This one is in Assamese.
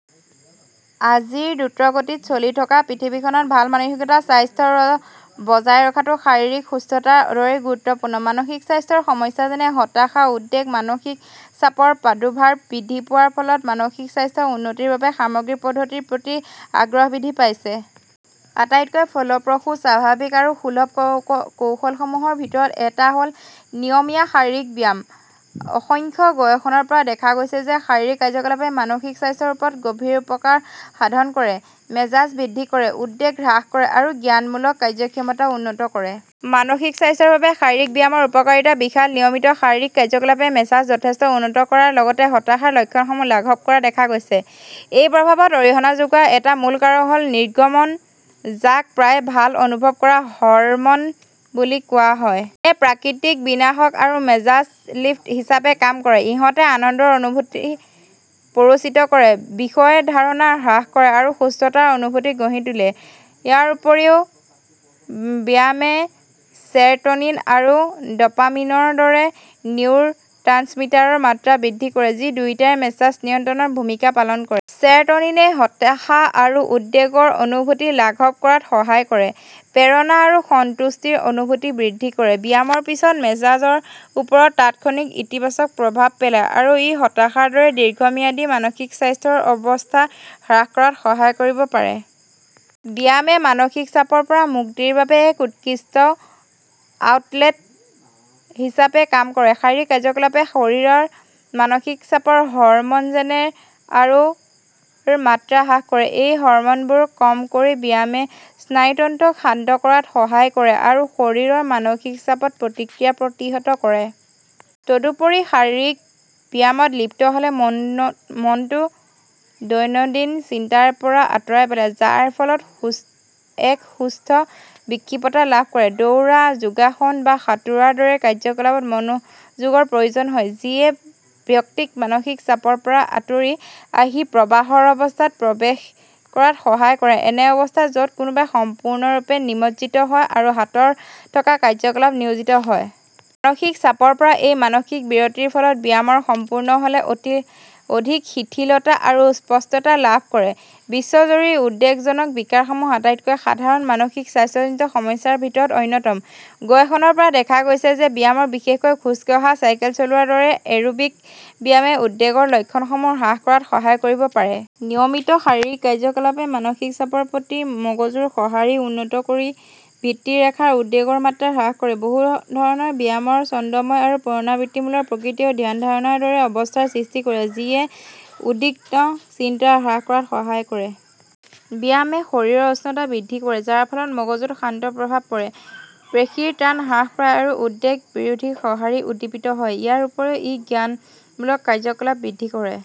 আজিৰ দ্ৰুতগতিত চলি থকা পৃথিৱীখনত ভাল মানসিক স্বাস্থ্য বজাই ৰখাটোও শাৰীৰিক সুস্থতাৰ দৰেই গুৰুত্বপূৰ্ণ। মানসিক স্বাস্থ্যৰ সমস্যা যেনে হতাশা, উদ্বেগ, মানসিক চাপৰ প্ৰাদুৰ্ভাৱ বৃদ্ধি পোৱাৰ ফলত মানসিক স্বাস্থ্য উন্নতিৰ বাবে সামগ্ৰিক পদ্ধতিৰ প্ৰতি আগ্ৰহ বৃদ্ধি পাইছে। আটাইতকৈ ফলপ্ৰসূ, স্বাভাৱিক আৰু সুলভ কৌশলসমূহৰ ভিতৰত এটা হ'ল নিয়মীয়া শাৰীৰিক ব্যায়াম। অসংখ্য গৱেষণাৰ পৰা দেখা গৈছে যে শাৰীৰিক কাৰ্যকলাপে মানসিক স্বাস্থ্যৰ ওপৰত গভীৰ উপকাৰ সাধন কৰে, মেজাজ বৃদ্ধি কৰে, উদ্বেগ হ্ৰাস কৰে আৰু জ্ঞানমূলক কাৰ্য্যক্ষমতা উন্নত কৰে। মানসিক স্বাস্থ্যৰ বাবে শাৰীৰিক ব্যায়ামৰ উপকাৰিতা বিশাল নিয়মিত শাৰীৰিক কাৰ্য্যকলাপে মেজাজ যথেষ্ট উন্নত কৰাৰ লগতে হতাশাৰ লক্ষণসমূহ লাঘৱ কৰা দেখা গৈছে। এই প্ৰভাৱত অৰিহণা যোগোৱা এটা মূল কাৰক হ'ল ৰ নিৰ্গমন, যাক প্ৰায়ে "ভাল অনুভৱ কৰা" হৰম'ন বুলি কোৱা হয়। নে প্ৰাকৃতিক বিষনাশক আৰু মেজাজ লিফ্ট হিচাপে কাম কৰে। ইহঁতে আনন্দৰ অনুভূতি প্ৰৰোচিত কৰে, বিষৰ ধাৰণা হ্ৰাস কৰে আৰু সুস্থতাৰ অনুভূতি গঢ়ি তোলে। ৰ উপৰিও ব্যায়ামে চেৰ'টনিন আৰু ড'পামিনৰ দৰে নিউৰ'ট্ৰান্সমিটাৰৰ মাত্ৰা বৃদ্ধি কৰে, যি দুয়োটাই মেজাজ নিয়ন্ত্ৰণত ভূমিকা পালন কৰে। চেৰ'টনিনে হতাশা আৰু উদ্বেগৰ অনুভূতি লাঘৱ কৰাত সহায় কৰে, প্ৰেৰণা আৰু সন্তুষ্টিৰ অনুভূতি বৃদ্ধি কৰে। ব্যায়ামৰ পিছত মেজাজৰ ওপৰত তাৎক্ষণিক ইতিবাচক প্ৰভাৱ পেলায় আৰু ই হতাশাৰ দৰে দীৰ্ঘম্যাদী মানসিক স্বাস্থ্যৰ অৱস্থা হ্ৰাস কৰাত সহায় কৰিব পাৰে। ব্যায়ামে মানসিক চাপৰ পৰা মুক্তিৰ বাবে এক উৎকৃষ্ট আউটলেট হিচাপে কাম কৰে। শাৰীৰিক কাৰ্য্যকলাপে শৰীৰৰ মানসিক চাপৰ হৰম'ন যেনে আৰু ৰ মাত্ৰা হ্ৰাস কৰে। এই হৰম'নবোৰ কম কৰি ব্যায়ামে স্নায়ুতন্ত্ৰক শান্ত কৰাত সহায় কৰে আৰু শৰীৰৰ মানসিক চাপৰ প্ৰতিক্ৰিয়া প্ৰতিহত কৰে। তদুপৰি শাৰীৰিক ব্যায়ামত লিপ্ত হ'লে মনটোক দৈনন্দিন চিন্তাৰ পৰা আঁতৰাই পেলায়, যাৰ ফলত এক সুস্থ বিক্ষিপ্ততা লাভ কৰে। দৌৰা, যোগাসন বা সাঁতোৰৰ দৰে কাৰ্য্যকলাপত মনোযোগৰ প্ৰয়োজন হয়, যিয়ে ব্যক্তিক মানসিক চাপৰ পৰা আঁতৰি আহি প্ৰবাহৰ অৱস্থাত প্ৰৱেশ কৰাত সহায় কৰে— এনে অৱস্থা য'ত কোনোবাই সম্পূৰ্ণৰূপে নিমজ্জিত হয় আৰু হাতত থকা কাৰ্য্যকলাপত নিয়োজিত হয়। মানসিক চাপৰ পৰা এই মানসিক বিৰতিৰ ফলত ব্যায়াম সম্পূৰ্ণ হ'লে অধিক শিথিলতা আৰু স্পষ্টতা লাভ কৰে। বিশ্বজুৰি উদ্বেগজনক বিকাৰসমূহ আটাইতকৈ সাধাৰণ মানসিক স্বাস্থ্যজনিত সমস্যাৰ ভিতৰত অন্যতম। গৱেষণাৰ পৰা দেখা গৈছে যে ব্যায়ামে বিশেষকৈ খোজ কঢ়া, চাইকেল চলোৱাৰ দৰে এৰোবিক ব্যায়ামে উদ্বেগৰ লক্ষণসমূহ হ্ৰাস কৰাত সহায় কৰিব পাৰে। নিয়মিত শাৰীৰিক কাৰ্য্যকলাপে মানসিক চাপৰ প্ৰতি মগজুৰ সঁহাৰি উন্নত কৰি ভিত্তি ৰেখাৰ উদ্বেগৰ মাত্ৰা হ্ৰাস কৰে। বহু ধৰণৰ ব্যায়ামৰ ছন্দময় আৰু পুনৰাবৃত্তিমূলক প্ৰকৃতিয়েও ধ্যান-ধাৰণাৰ দৰে অৱস্থাৰ সৃষ্টি কৰে, যিয়ে উদ্বিগ্ন চিন্তা হ্ৰাস কৰাত সহায় কৰে। ব্যায়ামে শৰীৰৰ উষ্ণতা বৃদ্ধি কৰে, যাৰ ফলত মগজুত শান্ত প্ৰভাৱ পৰে, পেশীৰ টান হ্ৰাস পায় আৰু উদ্বেগ বিৰোধী সঁহাৰি উদ্দীপিত হয়। ইয়াৰ উপৰিও ই জ্ঞানমূলক কাৰ্য্যকলাপ বৃদ্ধি কৰে,